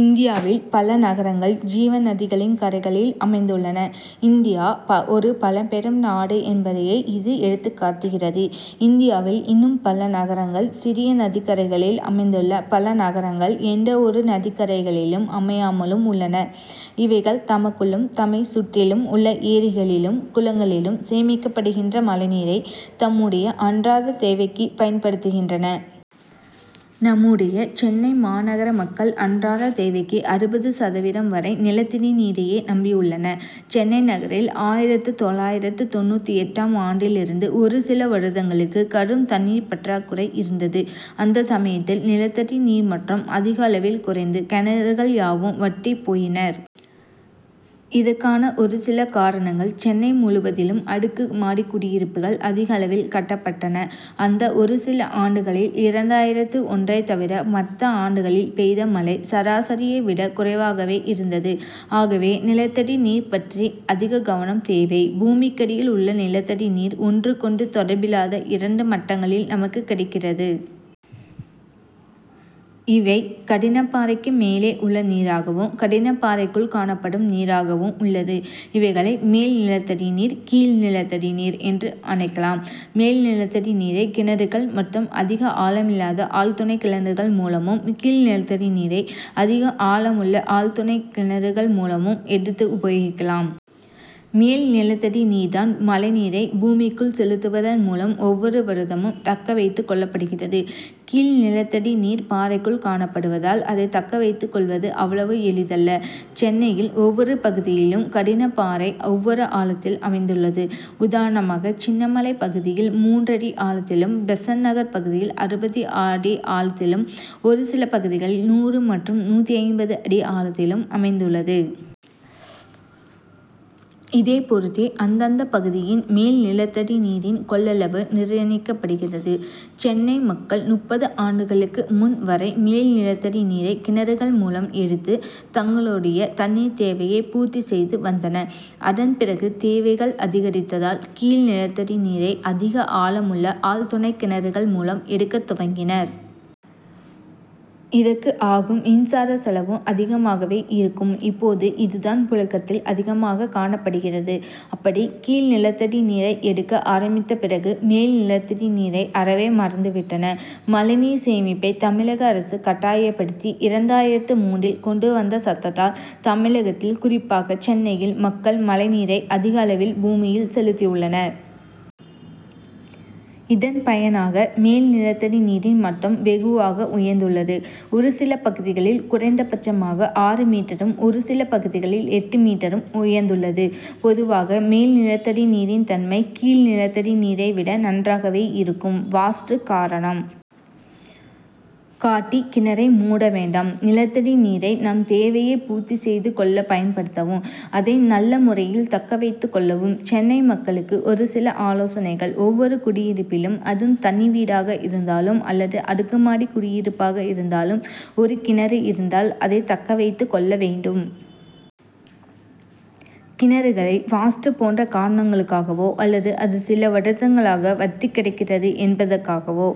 இந்தியாவில் பல நகரங்கள், ஜீவநதிகளின் கரைகளில் அமைந்துள்ளன. இந்தியா ஒரு பழம்பெரும் நாடு என்பதையே, இது எடுத்துக்காட்டுகிறது. இந்தியாவில் இன்னும் பல நகரங்கள், சிறிய நதிக்கரைகளில் அமைந்துள்ளன பல நகரங்கள், எந்த ஒரு நதிக்கரைகளிலும் அமையாமலும் உள்ளன. இவைகள் தமக்குள்ளும், தம்மை சுற்றிலும் உள்ள ஏரிகளிலும், குளங்களிலும் சேமிக்கப்படுகிற மழைநீரை, தம்முடைய அன்றாட தேவைக்கு பயன்படுத்துகின்றன. நம்முடைய சென்னை மாநகர மக்கள் அன்றாட தேவைக்கு அறுபது சதவீதம் வரை, நிலத்தடி நீரையே நம்பி உள்ளனர். சென்னை நகரில், ஆயிரத்து தொள்ளாயிரத்து தொண்ணூற்றெட்டாம் ஆண்டிலிருந்து ஒரு சில வருடங்களுக்கு கடும் தண்ணீர் பற்றாக்குறை இருந்தது. அந்த சமயத்தில் நிலத்தடி நீர்மட்டம் அதிகளவில் குறைந்து, கிணறுகள் யாவும் வற்றிப் போயின. இதற்கான ஒரு சில காரணங்கள்சென்னை முழுவதிலும் அடுக்கு மாடி குடியிருப்புகள் அதிகளவில் கட்டப்பட்டன. அந்த ஒரு சில ஆண்டுகளில், இரண்டாயிரத்து ஒன்றை தவிர, மற்ற ஆண்டுகளில் பெய்த மழை, சராசரியை விட குறைவாகவே இருந்தது. ஆகவே நிலத்தடி நீர் பற்றி அதிக கவனம் தேவை. பூமிக்கடியில் உள்ள நிலத்தடி நீர் ஒன்றுக்கொன்று தொடர்பில்லாத இரண்டு மட்டங்களில் நமக்கு கிடைக்கிறது. இவை கடின பாறைக்கு மேலே உள்ள நீராகவும், கடின பாறைக்குள் காணப்படும் நீராகவும் உள்ளது. இவைகளை மேல் நிலத்தடி நீர், கீழ் நிலத்தடி நீர் என்றும் அழைக்கலாம். மேல் நிலத்தடி நீரை கிணறுகள் மற்றும் அதிக ஆழமில்லாத ஆழ்துளை கிணறுகள் மூலமும், கீழ் நிலத்தடி நீரை அதிக ஆழமுள்ள ஆழ்துளை கிணறுகள் மூலமும் எடுத்து உபயோகிக்கலாம். மேல் நிலத்தடி நீர் தான், மழைநீரை பூமிக்குள் செலுத்துவதன் மூலம் ஒவ்வொரு வருடமும், தக்கவைத்துக் கொள்ளப்படுகிறது. கீழ் நிலத்தடி நீர் பாறைக்குள் காணப்படுவதால், அதை தக்க வைத்துக் கொள்வது அவ்வளவு எளிதல்ல. சென்னையில் ஒவ்வொரு பகுதியிலும் கடின பாறை, ஒவ்வொரு ஆழத்தில் அமைந்துள்ளது. உதாரணமாக, சின்னமலை பகுதியில் மூன்று அடி ஆழத்திலும், பெசன்ட் நகர் பகுதியில் அறுபது அடி ஆழத்திலும், ஒரு சில பகுதிகளில் நூறு மற்றும் நூற்று ஐம்பது அடி ஆழத்திலும் அமைந்துள்ளது. இதை பொருத்தே அந்தந்த பகுதியில் மேல் நிலத்தடி நீரின் கொள்ளளவு நிர்ணயிக்கப்படுகிறது. சென்னை மக்கள், முப்பது ஆண்டுகளுக்கு முன் வரை, மேல் நிலத்தடி நீரை கிணறுகள் மூலம் எடுத்து, தங்களுடைய தண்ணீர் தேவையை பூர்த்தி செய்து வந்தனர். அதன் பிறகு தேவைகள் அதிகரித்ததால், கீழ் நிலத்தடி நீரை அதிக ஆழமுள்ள ஆழ்துளை கிணறுகள் மூலம் எடுக்கத் துவங்கினர். இதற்கு ஆகும் மின்சார செலவும் அதிகமாகவே இருக்கும். இப்போது இது தான் புழக்கத்தில் அதிகமாக காணப்படுகிறது. அப்படி கீழ் நிலத்தடி நீரை எடுக்க ஆரம்பித்த பிறகு, மேல் நிலத்தடி நீரை அறவே மறந்து விட்டனர். மழைநீர் சேமிப்பை தமிழக அரசு கட்டாயப்படுத்தி, இரண்டாயிரத்து மூன்றில் கொண்டு வந்த சட்டத்தால், தமிழகத்தில் குறிப்பாக சென்னையில் மக்கள், மழைநீரை அதிக அளவில் பூமியில் செலுத்தியுள்ளனர். இதன் பயனாக, மேல் நிலத்தடி நீரின் மட்டம் வெகுவாக உயர்ந்துள்ளது. ஒரு சில பகுதிகளில் குறைந்தபட்சமாக ஆறு மீட்டரும், ஒரு சில பகுதிகளில் எட்டு மீட்டரும் உயர்ந்துள்ளது. பொதுவாக, மேல் நிலத்தடி நீரின் தன்மை, கீழ் நிலத்தடி நீரை விட நன்றாகவே இருக்கும். வாஸ்து காரணம் காட்டி கிணறை மூட வேண்டாம் நிலத்தடி நீரை, நம் தேவையை பூர்த்தி செய்து கொள்ள பயன்படுத்தவும், அதை நல்ல முறையில் தக்க வைத்துக் கொள்ளவும், சென்னை மக்களுக்கு ஒரு சில ஆலோசனைகள் ஒவ்வொரு குடியிருப்பிலும், அது தனி வீடாக இருந்தாலும் அல்லது அடுக்குமாடி குடியிருப்பாக இருந்தாலும், ஒரு கிணறு இருந்தால், அதை தக்க வைத்துக் கொள்ள வேண்டும். கிணறுகளை வாஸ்து போன்ற காரணங்களுக்காகவோ அல்லது அது சில வருடங்களாக வற்றிக் கிடக்கிறது என்பதற்காகவோ,